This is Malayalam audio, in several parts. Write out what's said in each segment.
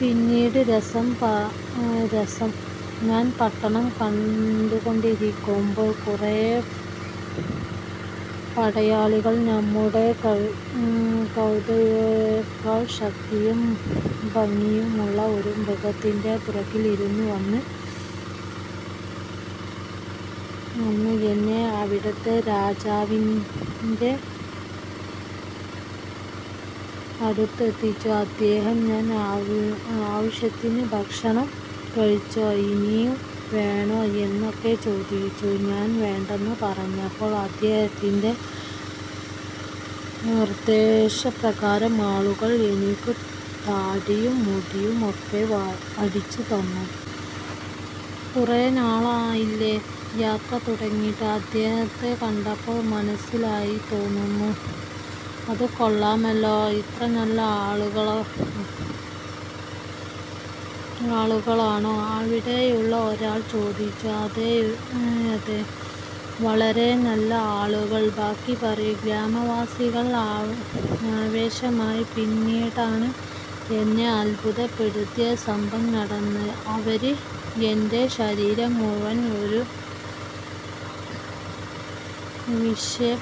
"പിന്നീട് രസം. ഞാൻ പട്ടണം കണ്ടുകൊണ്ടിരിക്കുമ്പോള് കുറെ പടയാളികള് നമ്മുടെ കഴുതയേക്കാള് ശക്തിയും ഭംഗിയുമുള്ള ഒരു മൃഗത്തിന്റെ പുറത്തിരുന്ന് വന്ന് എന്നെ അവിടത്തെ രാജാവിന്റെ അടുത്തെത്തിച്ചു. അദ്ദേഹം ഞാന് ആവശ്യത്തിന് ഭക്ഷണം കഴിച്ചോ, ഇനിയും വേണോ എന്നൊക്കെ ചോദിച്ചു. ഞാൻ വേണ്ടെന്ന് പറഞ്ഞപ്പോള് അദ്ദേഹത്തിന്റെ നിർദ്ദേശ പ്രകാരം ആളുകള് എനിക്കു താടിയും മുടിയുമൊക്കെ വടിച്ചു തന്നു. കുറെ നാളായില്ലേ, യാത്ര തുടങ്ങിയിട്ട്. അദ്ദേഹത്തെ കണ്ടപ്പോ മനസ്സിലായി തോന്നുന്നു" "അത് കൊള്ളാമല്ലോ! ഇത്ര നല്ല ആളുകളാണോ അവിടെയുള്ള ഒരാൾ ചോദിച്ചു. "അതെയതെ! വളരെ നല്ല ആളുകള്. ബാക്കി പറയൂ" ഗ്രാമവാസികൾ ആവേശമായി "പിന്നീടാണ് എന്നെ അത്ഭുതപ്പെടുത്തിയ സംഭവം നടന്നത്. അവർ എന്റെ ശരീരം മുഴുവന് ഒരു വിശേഷപ്പെട്ട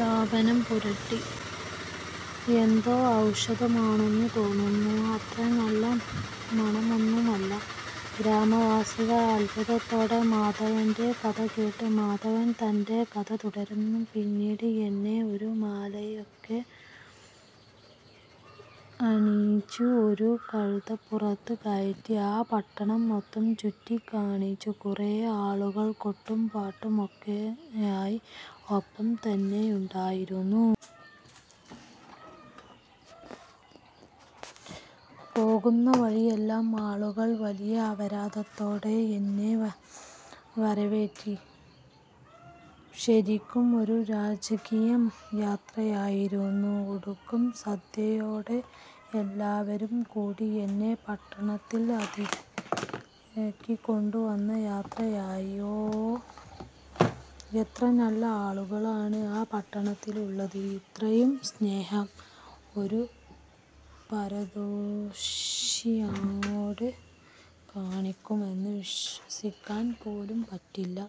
ലോപനം പുരട്ടി. എന്തോ ഔഷധം ആണെന്ന് തോന്നുന്നു. അത്ര നല്ല മണമൊന്നുമല്ല. " ഗ്രാമവാസികള് അത്ഭുതത്തോടെ മാധവന്റെ കഥ കേട്ടു. മാധവന് തന്റെ കഥ തുടർന്നു. "പിന്നീട് എന്നെ ഒരു മാലയൊക്കെ അണിയിച്ച് ഒരു കഴുതപ്പുറത്ത് കയറ്റി ആ പട്ടണം മൊത്തം ചുറ്റിക്കാണിച്ചു. കുറെ ആളുകള് കൊട്ടും പാട്ടുമൊക്കെയായി ഒപ്പം തന്നെയുണ്ടായിരുന്നു. പോകുന്ന വഴിയെല്ലാം ആളുകള് വലിയ അവരാതത്തോടെ എന്നെ വരവേറ്റി. ശരിക്കും ഒരു രാജകീയ യാത്രയായിരുന്നു! ഒടുക്കം സന്ധ്യയോടെ എല്ലാവരും കൂടി എന്നെ പട്ടണത്തിൽ അതിർത്തിയിലാക്കി കൊണ്ട് വന്ന് യാത്രയായി " "ഓ! എത്ര നല്ല ആളുകളാണ് ആ പട്ടണത്തിലുള്ളത്. ഇത്രയും സ്നേഹം ഒരു പരദോശിയോട് കാണിക്കുമെന്ന് വിശ്വസിക്കാന് പോലും പറ്റില്ല.